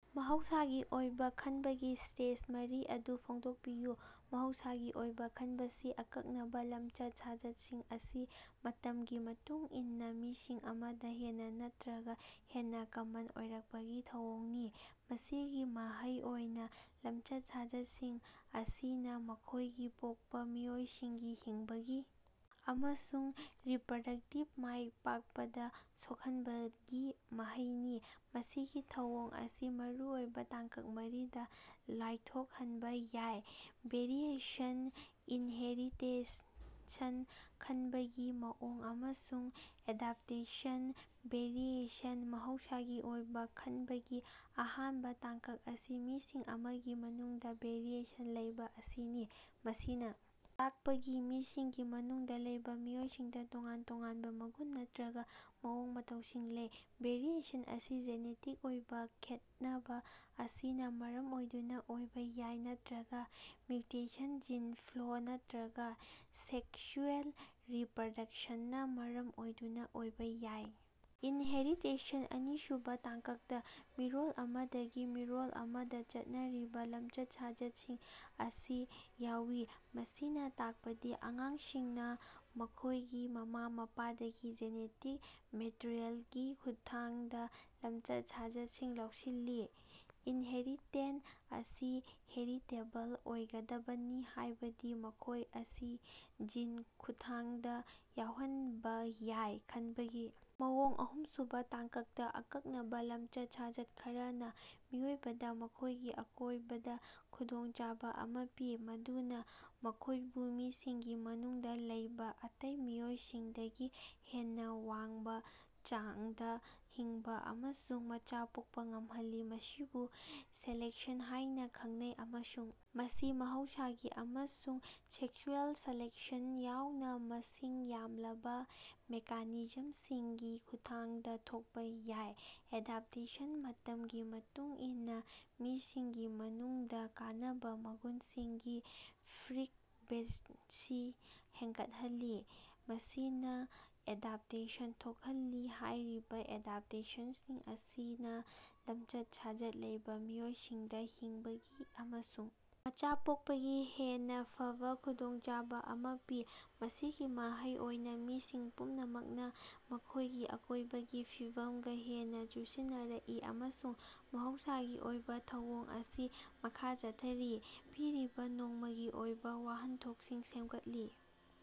‎ꯃꯍꯧꯁꯥꯒꯤ ꯑꯣꯏꯕ ꯈꯅꯕꯒꯤ ꯁ꯭ꯇꯦꯖ ꯃꯔꯤ ꯑꯗꯨ ꯐꯣꯡꯗꯣꯀꯄꯤꯌꯨ꯫ ꯃꯍꯧꯁꯥꯒꯤ ꯑꯣꯏꯕꯥ ꯈꯅꯕꯁꯤ ꯑꯀꯛꯅꯕꯥ ꯂꯃꯆꯠ-ꯁꯥꯖꯠꯁꯤꯡ ꯑꯁꯤ ꯃꯇꯃꯒꯤ ꯃꯇꯨꯡ ꯏꯟꯅꯥ ꯃꯤꯁꯤꯡ ꯑꯃꯗꯥ ꯍꯦꯟꯅꯥ ꯅꯠꯇ꯭ꯔꯒꯥ ꯍꯦꯟꯅꯥ ꯀꯃꯟ ꯑꯣꯏꯔꯀꯄꯒꯤ ꯊꯧꯑꯣꯡꯅꯤ, ꯃꯁꯤꯒꯤ ꯃꯍꯩ ꯑꯣꯏꯅꯥ ꯂꯃꯆꯠ-ꯁꯥꯖꯠꯁꯤꯡ ꯑꯁꯤꯅꯥ ꯃꯈꯣꯏꯒꯤ ꯄꯣꯛꯄꯥ ꯃꯤꯑꯣꯏꯁꯤꯡꯒꯤ ꯍꯤꯡꯕꯒꯤ ꯑꯃꯁꯨꯡ ꯔꯤꯄ꯭ꯔꯗꯛꯇꯤꯚ ꯃꯥꯏꯄꯥꯛꯄꯗ ꯁꯣꯛꯍꯟꯕꯒꯤ ꯃꯍꯩꯅꯤ꯫ ꯃꯁꯤꯒꯤ ꯊꯧꯑꯣꯡ ꯑꯁꯤ ꯃꯔꯨꯑꯣꯏꯕꯥ ꯇꯥꯡꯀꯛ ꯃꯔꯤꯗꯥ ꯂꯥꯏꯊꯣꯛꯍꯟꯕꯥ ꯌꯥꯏ: ꯚꯦꯔꯤꯑꯦꯁꯟ, ꯏꯟꯍꯦꯔꯤꯇꯦꯁꯟ, ꯈꯟꯕꯒꯤ ꯃꯑꯣꯡ ꯑꯃꯁꯨꯡ ꯑꯦꯗꯞꯇꯦꯁꯟ꯫ ꯚꯦꯔꯤꯑꯦꯁꯟ: ꯃꯍꯧꯁꯥꯒꯤ ꯑꯣꯏꯕꯥ ꯈꯅꯕꯒꯤ ꯑꯍꯥꯟꯕꯥ ꯇꯥꯡꯀꯛ ꯑꯁꯤ ꯃꯤꯁꯤꯡ ꯑꯃꯒꯤ ꯃꯅꯨꯡꯗꯥ ꯚꯦꯔꯤꯑꯦꯁꯟ ꯂꯩꯕꯥ ꯑꯁꯤꯅꯤ꯫ ꯃꯁꯤꯅꯥ ꯇꯥꯛꯄꯗꯤ ꯃꯤꯁꯤꯡꯒꯤ ꯃꯅꯨꯡꯗꯥ ꯂꯩꯕꯥ ꯃꯤꯑꯣꯏꯁꯤꯡꯗꯥ ꯇꯣꯉꯥꯟ-ꯇꯣꯉꯥꯟꯕꯥ ꯃꯒꯨꯟ ꯅꯠꯇ꯭ꯔꯒꯥ ꯃꯑꯣꯡ - ꯃꯇꯧꯁꯤꯡ ꯂꯩ꯫ ꯚꯦꯔꯤꯑꯦꯁꯟ ꯑꯁꯤ ꯖꯦꯅꯦꯇꯤꯛ ꯑꯣꯏꯕꯥ ꯈꯦꯠꯅꯕꯥ ꯑꯁꯤꯅꯥ ꯃꯔꯝ ꯑꯣꯏꯗꯨꯅꯥ ꯑꯣꯏꯕꯥ ꯌꯥꯏ ꯅꯠꯇ꯭ꯔꯒꯥ ꯃ꯭ꯌꯨꯇꯦꯁꯟ ꯖꯤꯟ ꯐ꯭ꯂꯣ ꯅꯠꯇ꯭ꯔꯒꯥ ꯁꯦꯛꯁꯨꯑꯦꯜ ꯔꯤꯄ꯭ꯔꯗꯛꯁꯟꯅꯥ ꯃꯔꯝ ꯑꯣꯏꯗꯨꯅꯥ ꯑꯣꯏꯕꯥ ꯌꯥꯏ꯫ ꯏꯟꯍꯦꯔꯤꯇꯦꯁꯟ: ꯑꯅꯤꯁꯨꯕꯥ ꯇꯥꯡꯀꯛꯇꯥ ꯃꯤꯔꯣꯜ ꯑꯃꯗꯒꯤ ꯃꯤꯔꯣꯜ ꯑꯃꯗꯥ ꯆꯠꯅꯔꯤꯕꯥ ꯂꯝꯆꯠ-ꯁꯥꯖꯠꯁꯤꯡ ꯑꯁꯤ ꯌꯥꯎꯏ꯫ ꯃꯁꯤꯅꯥ ꯇꯥꯛꯄꯗꯤ ꯑꯉꯥꯡꯁꯤꯡꯅꯥ ꯃꯈꯣꯏꯒꯤ ꯃꯃꯥ-ꯃꯄꯥꯗꯒꯤ ꯖꯦꯅꯦꯇꯤꯛ ꯃꯦꯇ꯭ꯔꯤꯌꯦꯜꯒꯤ ꯈꯨꯠꯊꯥꯡꯗꯥ ꯂꯝꯆꯠ-ꯁꯥꯖꯠꯁꯤꯡ ꯂꯧꯁꯤꯜꯂꯤ꯫ ꯏꯅꯍꯦꯔꯤꯇꯦꯟ ꯑꯁꯤ ꯍꯦꯔꯤꯇꯦꯕꯜ ꯑꯣꯏꯒꯗꯕꯅꯤ ꯍꯥꯏꯕꯗꯤ ꯃꯈꯣꯏ ꯑꯁꯤ ꯖꯤꯟꯒꯤ ꯈꯨꯠꯊꯥꯡꯗꯥ ꯌꯧꯍꯟꯕꯥ ꯌꯥꯏ꯫ ꯈꯟꯕꯒꯤ ‎ ꯃꯑꯣꯡ: ꯑꯍꯨꯝꯁꯨꯕꯥ ꯇꯥꯡꯀꯛꯇꯥ ꯑꯀꯛꯅꯕꯥ ꯂꯃꯆꯠ-ꯁꯥꯖꯠ ꯈꯔꯅꯥ ꯃꯤꯑꯣꯏꯕꯗꯥ ꯃꯈꯣꯏꯒꯤ ꯑꯀꯣꯏꯕꯗꯥ ꯈꯨꯗꯣꯡꯆꯥꯕꯥ ꯑꯃꯥ ꯄꯤ, ꯃꯗꯨꯅꯥ ꯃꯈꯣꯏꯕꯨ ꯃꯤꯁꯤꯡꯒꯤ ꯃꯅꯨꯡꯗꯥ ꯂꯩꯕꯥ ꯑꯇꯩ ꯃꯤꯑꯣꯏꯁꯤꯡꯗꯒꯤ ꯍꯦꯟꯅꯥ ꯋꯥꯡꯕꯥ ꯆꯥꯡꯗꯥ ꯍꯤꯡꯕꯥ ꯑꯃꯁꯨꯡ ꯃꯆꯥ ꯄꯣꯛꯄꯥ ꯉꯝꯍꯜꯂꯤ꯫ ꯃꯁꯤꯕꯨ ꯁꯦꯂꯦꯛꯁꯟ ꯍꯥꯌꯅꯥ ꯈꯪꯅꯩ, ꯑꯃꯁꯨꯡ ꯃꯁꯤ ꯃꯍꯧꯁꯥꯒꯤ ꯑꯃꯁꯨꯡ ꯁꯦꯛꯆ꯭ꯋꯦꯜ ꯁꯦꯂꯦꯛꯁꯟ ꯌꯥꯎꯅꯥ ꯃꯁꯤꯡ ꯌꯥꯝꯂꯕꯥ ꯃꯦꯀꯥꯅꯤꯖꯝꯁꯤꯡꯒꯤ ꯈꯨꯠꯊꯥꯡꯗꯥ ꯊꯣꯛꯄꯥ ꯌꯥꯏ꯫ ꯑꯦꯗꯥꯞꯇꯦꯁꯟ: ꯃꯇꯝꯒꯤ ꯃꯇꯨꯡ ꯏꯟꯅꯥ, ꯃꯤꯁꯤꯡꯒꯤ ꯃꯅꯨꯡꯗꯥ ꯀꯥꯟꯅꯕꯥ ꯃꯒꯨꯟꯁꯤꯡꯒꯤ ꯐ꯭ꯔꯤꯛꯕꯦꯟꯁꯤ ꯍꯦꯟꯒꯠꯍꯜꯂꯤ ꯃꯁꯤꯅꯥ ꯑꯦꯗꯥꯞꯇꯦꯁꯟ ꯊꯣꯛꯍꯜꯂꯤ꯫ ꯍꯥꯏꯔꯤꯕꯥ ꯑꯦꯗꯥꯞꯇꯦꯁꯟꯁꯤꯡ ꯑꯁꯤꯅꯥ ꯂꯃꯆꯠ-ꯁꯥꯖꯠ ꯂꯩꯕꯥ ꯃꯤꯑꯣꯏꯁꯤꯡꯗꯥ ꯍꯤꯡꯕꯒꯤ ꯑꯃꯁꯨꯡ ꯃꯆꯥ ꯄꯣꯛꯄꯒꯤ ꯍꯦꯟꯅꯥ ꯐꯕꯥ ꯈꯨꯗꯣꯡꯆꯥꯕꯥ ꯑꯃꯥ ꯄꯤ꯫ ꯃꯁꯤꯒꯤ ꯃꯍꯩ ꯑꯣꯏꯅꯥ ꯃꯤꯁꯤꯡ ꯄꯨꯝꯅꯃꯛꯅꯥ ꯃꯈꯣꯏꯒꯤ ꯑꯀꯣꯏꯕꯒꯤ ꯐꯤꯕꯃꯒꯥ ꯍꯦꯟꯅꯥ ꯆꯨꯁꯤꯟꯅꯔꯛꯏ ꯑꯃꯁꯨꯡ ꯃꯍꯧꯁꯥꯒꯤ ꯑꯣꯏꯕꯥ ꯊꯧꯑꯣꯡ ꯑꯁꯤ ꯃꯈꯥ ꯆꯠꯊꯔꯤ꯫ ꯄꯤꯔꯤꯕꯥ ꯅꯣꯡꯃꯒꯤ ꯑꯣꯏꯕꯥ ꯋꯥꯍꯟꯊꯣꯛꯁꯤꯡ ꯁꯦꯝꯒꯠꯂꯤ꯫